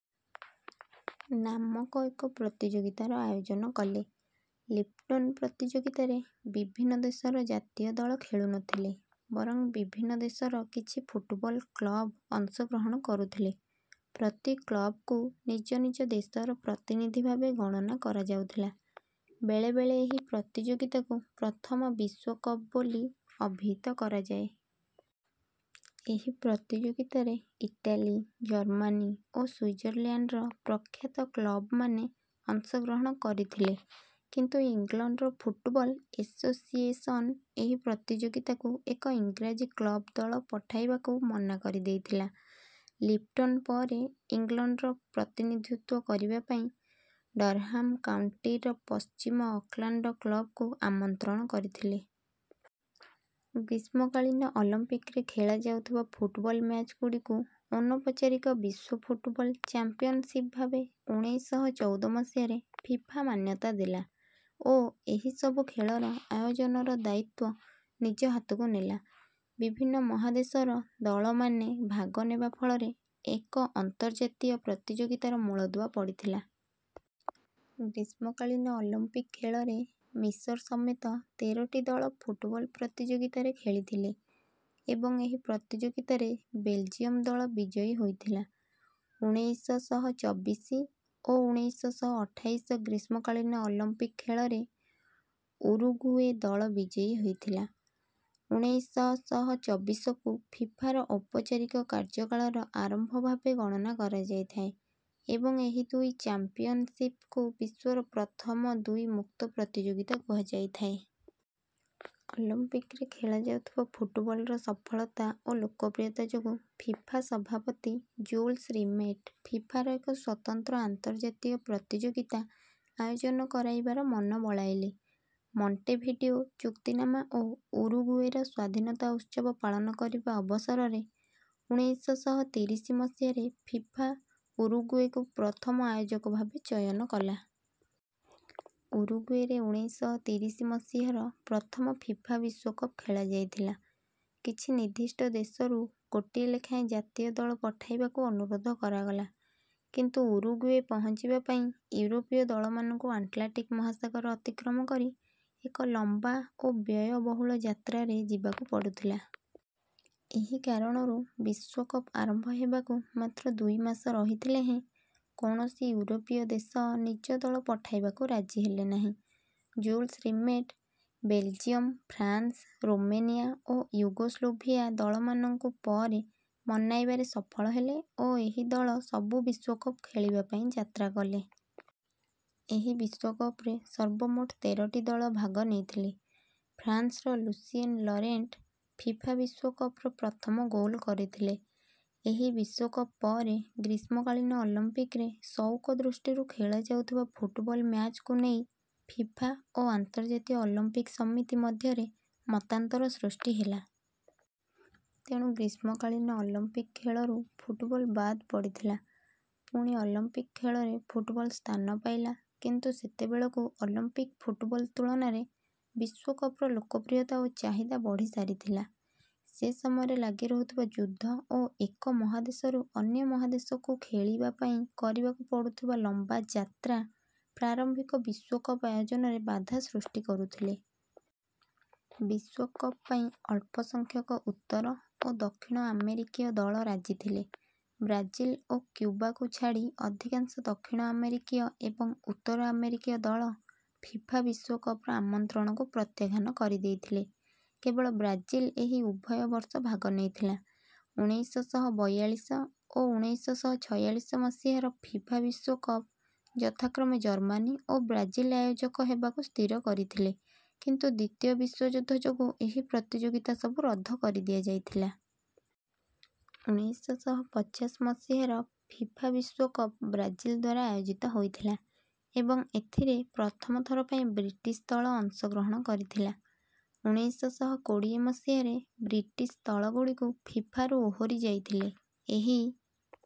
ନାମକ ଏକ ପ୍ରତିଯୋଗିତାର ଆୟୋଜନ କଲେ। ଲିପ୍ଟନ୍ ପ୍ରତିଯୋଗିତାରେ ବିଭିନ୍ନ ଦେଶର ଜାତୀୟ ଦଳ ଖେଳୁନଥିଲେ। ବରଂ ବିଭିନ୍ନ ଦେଶର କିଛି ଫୁଟବଲ୍ କ୍ଲବ୍ ଅଂଶଗ୍ରହଣ କରୁଥିଲେ। ପ୍ରତି କ୍ଲବ୍କୁ ନିଜ ନିଜ ଦେଶର ପ୍ରତିନିଧି ଭାବେ ଗଣନା କରାଯାଉଥିଲା। ବେଳେବେଳେ ଏହି ପ୍ରତିଯୋଗିତାକୁ ପ୍ରଥମ ବିଶ୍ୱକପ ବୋଲି ଅଭିହିତ କରାଯାଏ। ଏହି ପ୍ରତିଯୋଗିତାରେ ଇଟାଲୀ ଜର୍ମାନୀ ଓ ସ୍ୱିଜରଲ୍ୟାଣ୍ଡର ପ୍ରଖ୍ୟାତ କ୍ଲବ୍‍ମାନେ ଅଂଶଗ୍ରହଣ କରିଥିଲେ କିନ୍ତୁ ଇଂଲଣ୍ଡର ଫୁଟବଲ୍ ଏଶୋସିଏସନ୍ ଏହି ପ୍ରତିଯୋଗିତାକୁ ଏକ ଈଂରାଜୀ କ୍ଲବ୍ ଦଳ ପଠାଇବାକୁ ମନା କରିଦେଇଥିଲା। ଲିପ୍ଟନ୍ ପରେ ଇଂଲଣ୍ଡର ପ୍ରତିନିଧିତ୍ୱ କରିବା ପାଇଁ ଡର୍ହାମ୍ କାଉଣ୍ଟିର ପଶ୍ଚିମ ଅକ୍ଲାଣ୍ଡ କ୍ଲବ୍‍କୁ ଆମନ୍ତ୍ରଣ କରିଥିଲେ। ଗ୍ରୀଷ୍ମକାଳୀନ ଅଲମ୍ପିକ୍‍ରେ ଖେଳାଯାଉଥିବା ଫୁଟବଲ୍ ମ୍ୟାଚ୍‍ଗୁଡ଼ିକୁ ଅନୌପଚାରିକ ବିଶ୍ୱ ଫୁଟବଲ୍ ଚାମ୍ପିୟନ୍‍ଶିପ୍ ଭାବେ ଉଣେଇଶ ଶହ ଚଉଦ ମସିହାରେ ଫିଫା ମାନ୍ୟତା ଦେଲା ଓ ଏହି ସବୁ ଖେଳର ଆୟୋଜନର ଦାୟିତ୍ୱ ନିଜ ହାତକୁ ନେଲା। ବିଭିନ୍ନ ମହାଦେଶର ଦଳମାନେ ଭାଗ ନେବା ଫଳରେ ଏକ ଅନ୍ତର୍ଜାତୀୟ ପ୍ରତିଯୋଗିତାର ମୂଳଦୁଆ ପଡ଼ିଥିଲା। ଗ୍ରୀଷ୍ମକାଳୀନ ଅଲମ୍ପିକ୍ ଖେଳରେ ମିଶର ସମେତ ତେରଟି ଦଳ ଫୁଟବଲ୍ ପ୍ରତିଯୋଗିତାରେ ଖେଳିଥିଲେ ଏବଂ ଏହି ପ୍ରତିଯୋଗିତାରେ ବେଲ୍ଜିୟମ୍ ଦଳ ବିଜୟୀ ହୋଇଥିଲା। ଉଣେଇଶ ଶହ ଚବିଶ ଓ ଉଣେଇଶ ଶହ ଅଠାଇଶ ଗ୍ରୀଷ୍ମକାଳୀନ ଅଲମ୍ପିକ୍ ଖେଳରେ ଉରୁଗୁଏ ଦଳ ବିଜୟୀ ହୋଇଥିଲା। ଉଣେଇଶ ଶହ ଚବିଶକୁ ଫିଫାର ଔପଚାରିକ କାର୍ଯ୍ୟକାଳର ଆରମ୍ଭ ଭାବେ ଗଣନା କରାଯାଇଥାଏ ଏବଂ ଏହି ଦୁଇ ଚାମ୍ପିୟନ୍ଶିପ୍କୁ ବିଶ୍ୱର ପ୍ରଥମ ଦୁଇ ମୁକ୍ତ ପ୍ରତିଯୋଗିତା କୁହାଯାଇଥାଏ। ଅଲମ୍ପିକ୍ ରେ ଖେଳାଯାଉଥିବା ଫୁଟବଲ୍‍ର ସଫଳତା ଓ ଲୋକପ୍ରିୟତା ଯୋଗୁଁ ଫିଫା ସଭାପତି ଜୁଲ୍ସ୍ ରିମେଟ୍ ଫିଫାର ଏକ ସ୍ୱତନ୍ତ୍ର ଆନ୍ତର୍ଜାତୀୟ ପ୍ରତିଯୋଗିତା ଆୟୋଜନ କରିବାର ମନ ବଳାଇଲେ। ମଣ୍ଟେଭିଡ଼ିଓ ଚୁକ୍ତିନାମା ଓ ଉରୁଗୁଏର ସ୍ୱାଧୀନତା ଉତ୍ସବ ପାଳନ କରିବା ଅବସରରେ ଉଣେଇଶ ଶହ ତିରିଶ ମସିହାରେ ଫିଫା ଉରୁଗୁଏକୁ ପ୍ରଥମ ଆୟୋଜକ ଭାବେ ଚୟନ କଲା। ଉରୁଗୁଏରେ ଉଣେଇଶ ଶହ ତିରିଶ ମସିହାର ପ୍ରଥମ ଫିଫା ବିଶ୍ୱକପ୍ ଖେଳାଯାଇଥିଲା। କିଛି ନିର୍ଦ୍ଦିଷ୍ଟ ଦେଶରୁ ଗୋଟିଏ ଲେଖାଏଁ ଜାତୀୟ ଦଳ ପଠାଇବାକୁ ଅନୁରୋଧ କରାଗଲା। କିନ୍ତୁ ଉରୁଗୁଏ ପହଞ୍ଚିବା ପାଇଁ ୟୁରୋପୀୟ ଦଳମାନଙ୍କୁ ଆଟ୍ଲାଣ୍ଟିକ୍ ମହାସାଗର ଅତିକ୍ରମ କରି ଏକ ଲମ୍ବା ଓ ବ୍ୟୟବହୁଳ ଯାତ୍ରାରେ ଯିବାକୁ ପଡ଼ୁଥିଲା। ଏହି କାରଣରୁ ବିଶ୍ୱକପ୍ ଆରମ୍ଭ ହେବାକୁ ମାତ୍ର ଦୁଇ ମାସ ରହିଥିଲେ ହେଁ କୌଣସି ୟୁରୋପୀୟ ଦେଶ ନିଜ ଦଳ ପଠାଇବାକୁ ରାଜି ହେଲେନାହିଁ। Jules Rimet Belgium France Romania ଓ ୟୁଗୋସ୍ଲାଭିଆ ଦଳମାନଙ୍କୁ ପରେ ମନାଇବାରେ ସଫଳ ହେଲେ ଓ ଏହି ଦଳ ସବୁ ବିଶ୍ୱକପ୍ ଖେଳିବା ପାଇଁ ଯାତ୍ରା କଲେ। ଏହି ବିଶ୍ୱକପ୍ ରେ ସର୍ବମୋଟ ତେରଟି ଦଳ ଭାଗ ନେଇଥିଲେ। ଫ୍ରାଂସ୍ର ଲୁସିଏନ୍ ଲରେଣ୍ଟ୍ ଫିଫା ବିଶ୍ୱକପର ପ୍ରଥମ ଗୋଲ୍ କରିଥିଲେ। ଏହି ବିଶ୍ୱକପ ପରେ ଗ୍ରୀଷ୍ମକାଳୀନ ଅଲମ୍ପିକ୍ ରେ ସଉକ ଦୃଷ୍ଟିରୁ ଖେଳାଯାଉଥିବା ଫୁଟବଲ୍ ମ୍ୟାଚ୍କୁ ନେଇ ଫିଫା ଓ ଅନ୍ତର୍ଜାତୀୟ ଅଲମ୍ପିକ୍ ସମିତି ମଧ୍ୟରେ ମତାନ୍ତର ସୃଷ୍ଟି ହେଲା। ତେଣୁ ଗ୍ରୀଷ୍ମକାଳୀନ ଅଲମ୍ପିକ୍ ଖେଳରୁ ଫୁଟବଲ୍ ବାଦ୍ ପଡ଼ିଥିଲା। ପୁଣି ଅଲମ୍ପିକ୍ ଖେଳରେ ଫୁଟବଲ୍ ସ୍ଥାନ ପାଇଲା କିନ୍ତୁ ସେତେବେଳକୁ ଅଲମ୍ପିକ୍ ଫୁଟବଲ୍ ତୁଳନାରେ ବିଶ୍ୱକପର ଲୋକପ୍ରିୟତା ଓ ଚାହିଦା ବଢ଼ି ସାରିଥିଲା। ସେ ସମୟରେ ଲାଗି ରହୁଥିବା ଯୁଦ୍ଧ ଓ ଏକ ମହାଦେଶରୁ ଅନ୍ୟ ମହାଦେଶକୁ ଖେଳିବା ପାଇଁ କରିବାକୁ ପଡ଼ୁଥିବା ଲମ୍ବା ଯାତ୍ରା ପ୍ରାରମ୍ଭିକ ବିଶ୍ୱକପ ଆୟୋଜନରେ ବାଧା ସୃଷ୍ଟି କରୁଥିଲେ। ବିଶ୍ୱକପ ପାଇଁ ଅଳ୍ପସଂଖ୍ୟକ ଉତ୍ତର ଓ ଦକ୍ଷିଣ ଆମେରିକୀୟ ଦଳ ରାଜିଥିଲେ। ବ୍ରାଜିଲ୍ ଓ କ୍ୟୁବାକୁ ଛାଡ଼ି ଅଧିକାଂଶ ଦକ୍ଷିଣ ଆମେରିକୀୟ ଏବଂ ଉତ୍ତର ଆମେରିକୀୟ ଦଳ ଫିଫା ବିଶ୍ୱକପର ଆମନ୍ତ୍ରଣକୁ ପ୍ରତ୍ୟାଖ୍ୟାନ କରିଦେଇଥିଲେ। କେବଳ ବ୍ରାଜିଲ୍ ଏହି ଉଭୟ ବର୍ଷ ଭାଗ ନେଇଥିଲା। ଉଣେଇଶ ଶହ ବୟାଳିଶ ଓ ଉଣେଇଶ ଶହ ଛୟାଳିଶ ମସିହାର ଫିଫା ବିଶ୍ୱକପ ଯଥାକ୍ରମେ ଜର୍ମାନୀ ଓ ବ୍ରାଜିଲ୍ ଆୟୋଜକ ହେବାକୁ ସ୍ଥିର କରିଥିଲେ କିନ୍ତୁ ଦ୍ୱିତୀୟ ବିଶ୍ୱଯୁଦ୍ଧ ଯୋଗୁଁ ଏହି ପ୍ରତିଯୋଗିତା ସବୁ ରଦ୍ଦ କରି ଦିଆଯାଇଥିଲା। ଉଣେଇଶ ଶହ ପଚାଶ ମସିହାର ଫିଫା ବିଶ୍ୱକପ ବ୍ରାଜିଲଦ୍ୱାରା ଆୟୋଜିତ ହୋଇଥିଲା ଏବଂ ଏଥିରେ ପ୍ରଥମ ଥର ପାଇଁ ବ୍ରିଟିଶ୍ ଦଳ ଅଂଶଗ୍ରହଣ କରିଥିଲା । ଉଣେଇଶ ଶହ କୋଡ଼ିଏ ମସିହାରେ ବ୍ରିଟିଶ୍ ଦଳଗୁଡ଼ିକ ଫିଫାରୁ ଓହରି ଯାଇଥିଲେ। ଏହି